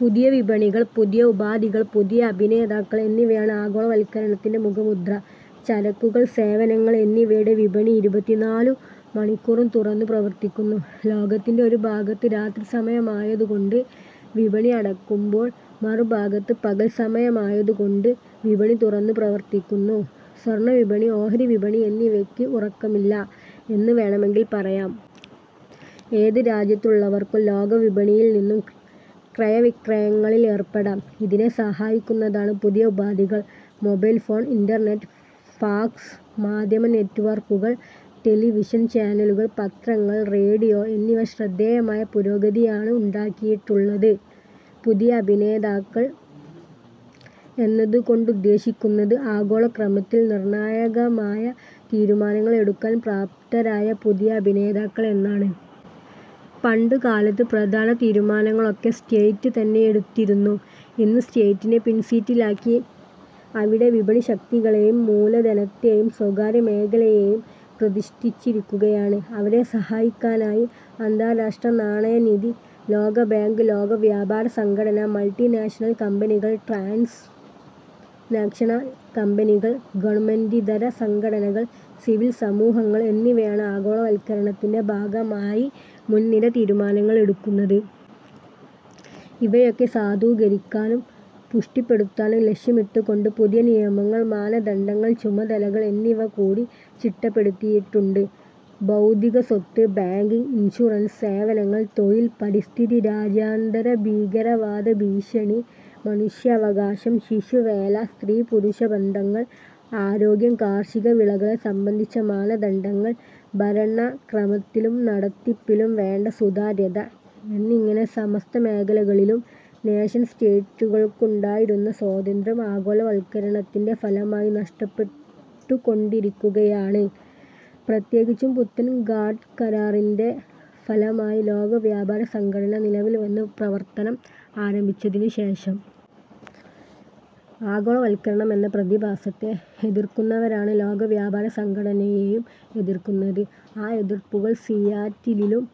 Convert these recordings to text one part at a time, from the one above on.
പുതിയ വിപണികൾ, പുതിയ ഉപാധികൾ, പുതിയ അഭിനേതാക്കൾ എന്നിവയാണ് ആഗോളവത്കരണത്തിന്റെ മുഖമുദ്ര. ചരക്കുകൾ, സേവനങ്ങൾ എന്നിവയുടെ വിപണി ഇരുപത്തിനാലു മണിക്കൂറും തുറന്നു പ്രവർത്തിക്കുന്നു. ലോകത്തിന്റെ ഒരു ഭാഗത്ത് രാത്രിസമയമായതുകൊണ്ട് വിപണി അടയ്ക്കുമ്പോൾ, മറുഭാഗത്ത് പകൽസമയമായതുകൊണ്ട് വിപണി തുറന്നു പ്രവർത്തിക്കുന്നു. സ്വർണവിപണി, ഓഹരിവിപണി എന്നിവയ്ക്ക് ഉറക്കമില്ല എന്ന് വേണമെങ്കിൽ പറയാം. ഏതുരാജ്യത്തുള്ളവർക്കും ലോകവിപണിയിൽനിന്നും ക്രയവിക്രയങ്ങളിൽ ഏർപ്പെടാം. ഇതിനെ സഹായിക്കുന്നതാണ് പുതിയ ഉപാധികൾ. മൊബൈൽ ഫോൺ, ഇന്റർനെറ്റ്, ഫാക്സ്, മാധ്യമ നെറ്റ്വർക്കുകൾ, ടെലിവിഷൻ ചാനലുകൾ, പത്രങ്ങൾ, റേഡിയോ എന്നിവ ശ്രദ്ധേയമായ പുരോഗതിയാണ് ഉണ്ടാക്കിയിട്ടുള്ളത്. പുതിയ അഭിനേതാക്കൾ എന്നതുകൊണ്ടുദ്ദേശിക്കുന്നത് ആഗോളക്രമത്തിൽ നിർണായകമായ തീരുമാനങ്ങൾ എടുക്കാൻ പ്രാപ്തരായ പുതിയ അഭിനേതാക്കൾ എന്നാണ്. പണ്ടുകാലത്ത് പ്രധാന തീരുമാനങ്ങളൊക്കെ സ്റ്റേറ്റ് തന്നെയെടുത്തിരുന്നു. ഇന്ന് സ്റ്റേറ്റിനെ പിൻസീറ്റിലാക്കി അവിടെ വിപണിശക്തികളെയും മൂലധനത്തെയും സ്വകാര്യമേഖലയെയും പ്രതിഷ്ഠിച്ചിരിക്കുകയാണ്. അവരെ സഹായിക്കാനായി അന്താരാഷ്ട്രനാണയനിധി, ലോകബാങ്ക്, ലോകവ്യാപാരസംഘടന, മൾട്ടിനാഷണൽ കമ്പനികൾ, ട്രാൻസ് നാഷണൽ കമ്പനികൾ, ഗവൺമെന്റിതര സംഘടനകൾ, സിവിൽ സമൂഹങ്ങൾ എന്നിവയാണ് ആഗോളവത്കരണത്തിന്റെ ഭാഗമായി മുൻനിര തീരുമാനങ്ങൾ എടുക്കുന്നത്. ഇവയൊക്കെ സാധൂകരിക്കാനും പുഷ്ടിപ്പെടുത്താനും ലക്ഷ്യമിട്ടുകൊണ്ടു പുതിയ നിയമങ്ങൾ, മാനദണ്ഡങ്ങൾ, ചുമതലകൾ എന്നിവകൂടി ചിട്ടപ്പെടുത്തിയിട്ടുണ്ട്. ബൌദ്ധികസ്വത്ത്, ബാങ്കിങ്, ഇൻഷുറൻസ്, സേവനങ്ങൾ, തൊഴിൽ, പരിസ്ഥിതി, രാജ്യാന്തരഭീകരവാദഭീഷണി, മനുഷ്യാവകാശം, ശിശുവേല, സ്ത്രീപുരുഷബന്ധങ്ങൾ, ആരോഗ്യം, കാർഷികവിളകളെ സംബന്ധിച്ച മാനദണ്ഡങ്ങൾ, ഭരണക്രമത്തിലും നടത്തിപ്പിലും വേണ്ട സുതാര്യത എന്നിങ്ങനെ സമസ്തമേഖലകളിലും നേഷൻ സ്റ്റേറ്റുകൾക്കുണ്ടായിരുന്ന സ്വാതന്ത്ര്യം ആഗോളവത്കരണത്തിന്റെ ഫലമായി നഷ്ടപ്പെട്ടുകൊണ്ടിരിക്കുകയാണ്, പ്രത്യേകിച്ചും പുത്തൻ ഗാട്ട്കരാറിന്റെ ഫലമായി ലോകവ്യാപാരസംഘടന നിലവിൽവന്ന് പ്രവർത്തനം ആരംഭിച്ചതിനുശേഷം. ആഗോളവത്കരണം എന്ന പ്രതിഭാസത്തെ, എതിർക്കുന്നവരാണ് ലോകവ്യാപാരസംഘടനയെയും എതിർക്കുന്നത്. ആ എതിർപ്പുകൾ സിയാറ്റിലിലും,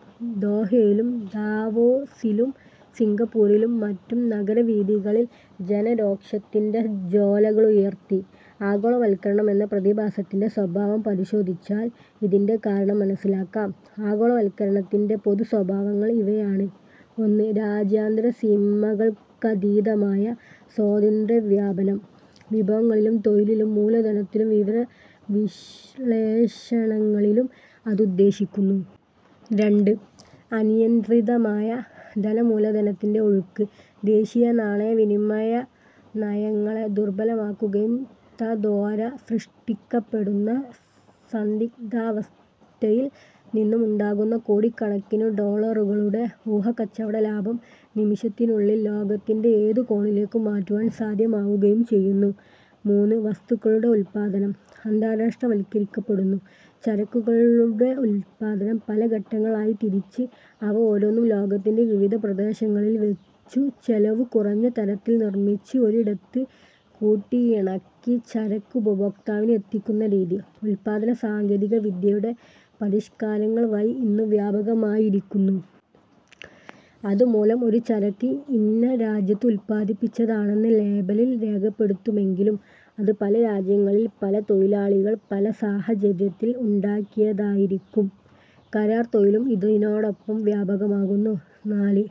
ദോഹയിലും, ദാവോസിലും, സിംഗപ്പൂരിലും മറ്റും നഗരവീഥികളിൽ ജനരോഷത്തിന്റെ ജ്വാലകളുയർത്തി. ആഗോളവത്കരണം എന്ന പ്രതിഭാസത്തിന്റെ സ്വഭാവം പരിശോധിച്ചാൽ ഇതിന്റെ കാരണം മനസ്സിലാക്കാം. ആഗോളവത്കരണത്തിന്റെ പൊതുസ്വഭാവങ്ങൾ ഇവയാണ്. ഒന്ന്. രാജ്യാന്തരസീമകൾക്കതീതമായ സ്വതന്ത്രവ്യാപനം. വിഭവങ്ങളിലും തൊഴിലിലും മൂലധനത്തിലും വിവരവിശ്ളേഷണങ്ങളിലും അത് ഉദ്ദേശിക്കുന്നു. രണ്ട്. അനിയന്ത്രിതമായ ധനമൂലധനത്തിന്റെ ഒഴുക്ക് ദേശീയനാണയവിനിമയനയങ്ങളെ ദുർബലമാക്കുകയും തദ്വാരാ സൃഷ്ടിക്കപ്പെടുന്ന സന്ദിഗ്ധാവസ്ഥയിൽ നിന്നും ഉണ്ടാകുന്ന കോടിക്കണക്കിനു ഡോളറുകളുടെ ഊഹക്കച്ചവടലാഭം നിമിഷത്തിനുള്ളിൽ ലോകത്തിന്റെ ഏതു കോണിലേക്കും മാറ്റുവാൻ സാധ്യമാവുകയും ചെയ്യുന്നു. മൂന്ന്. വസ്തുക്കളുടെ ഉത്പാദനം അന്താരാഷ്ട്രവത്കരിക്കപ്പെടുന്നു. ചരക്കുകളുടെ ഉത്പാദനം പല ഘട്ടങ്ങളായിത്തിരിച്ച് അവ ഓരോന്നും ലോകത്തിന്റെ വിവിധ പ്രദേശങ്ങളിൽവച്ചു ചെലവു കുറഞ്ഞതരത്തിൽ നിർമിച്ച് ഒരിടത്ത് കൂട്ടിയിണക്കി ചരക്ക് ഉപഭോക്താവിന് എത്തിക്കുന്ന രീതി ഉത്പാദനസാങ്കേതികവിദ്യയുടെ പരിഷ്കാരങ്ങൾവഴി ഇന്നു വ്യാപകമായിരിക്കുന്നു. അതുമൂലം ഒരു ചരക്ക് ഇന്ന രാജ്യത്ത് ഉത്പാദിപ്പിച്ചതാണെന്ന് ലേബലിൽ രേഖപ്പെടുത്തുമെങ്കിലും, അത് പല രാജ്യങ്ങളിൽ പല തൊഴിലാളികൾ പല സാഹചര്യത്തിൽ ഉണ്ടാക്കിയതായിരിക്കും. കരാർ തൊഴിലും ഇതിനോടൊപ്പം വ്യാപകമാകുന്നു. നാല്.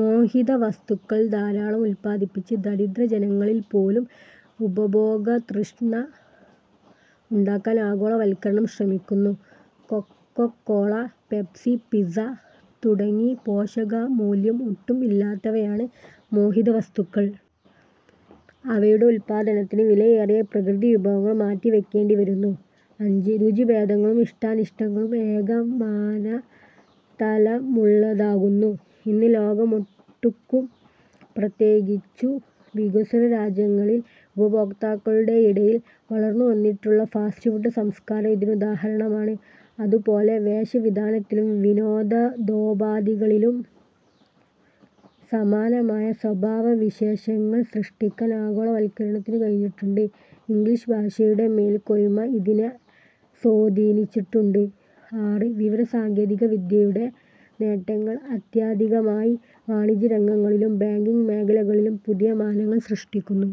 മോഹിതവസ്തുക്കൾ ധാരാളം ഉത്പാദിപ്പിച്ച് ദരിദ്രജനങ്ങളിൽപ്പോലും ഉപഭോഗതൃഷ്ണ ഉണ്ടാക്കാൻ ആഗോളവത്കരണം ശ്രമിക്കുന്നു. കൊക്കോക്കോള, പെപ്സി, പിസ്സാ തുടങ്ങി പോഷകമൂല്യം ഒട്ടും ഇല്ലാത്തവയാണ് മോഹിതവസ്തുക്കൾ. അവയുടെ ഉത്പാദനത്തിന് വിലയേറിയ പ്രകൃതിവിഭവങ്ങൾ മാറ്റിവയ്ക്കേണ്ടിവരുന്നു. അഞ്ച്. രുചിഭേദങ്ങളും ഇഷ്ടാനിഷ്ടങ്ങളും ഏകമാനതലമുള്ളതാക്കുന്നു. ഇന്ന് ലോകമൊട്ടുക്കും പ്രത്യേകിച്ചു വികസ്വരരാജ്യങ്ങളിൽ ഉപഭോക്താക്കളുടെയിടയിൽ വളർന്നുവന്നിട്ടുള്ള ഫാസ്റ്റ്ഫുഡ് സംസ്കാരം ഇതിനുദാഹരണമാണ്. അതുപോലെ വേഷവിധാനത്തിലും, വിനോദോപാധികളിലും സമാനമായ സ്വഭാവവിശേഷങ്ങൾ സൃഷ്ടിക്കാൻ ആഗോളവത്കരണത്തിനു കഴിഞ്ഞിട്ടുണ്ട്. ഇംഗ്ളീഷ്ഭാഷയുടെ മേൽക്കോയ്മ ഇതിനെ സ്വാധീനിച്ചിട്ടുണ്ട്. ആറ്. വിവരസാങ്കേതികവിദ്യയുടെ നേട്ടങ്ങൾ അത്യധികമായി വാണിജ്യരംഗങ്ങളിലും, ബാങ്കിങ് മേഖലകളിലും പുതിയ മാനങ്ങൾ സൃഷ്ടിക്കുന്നു.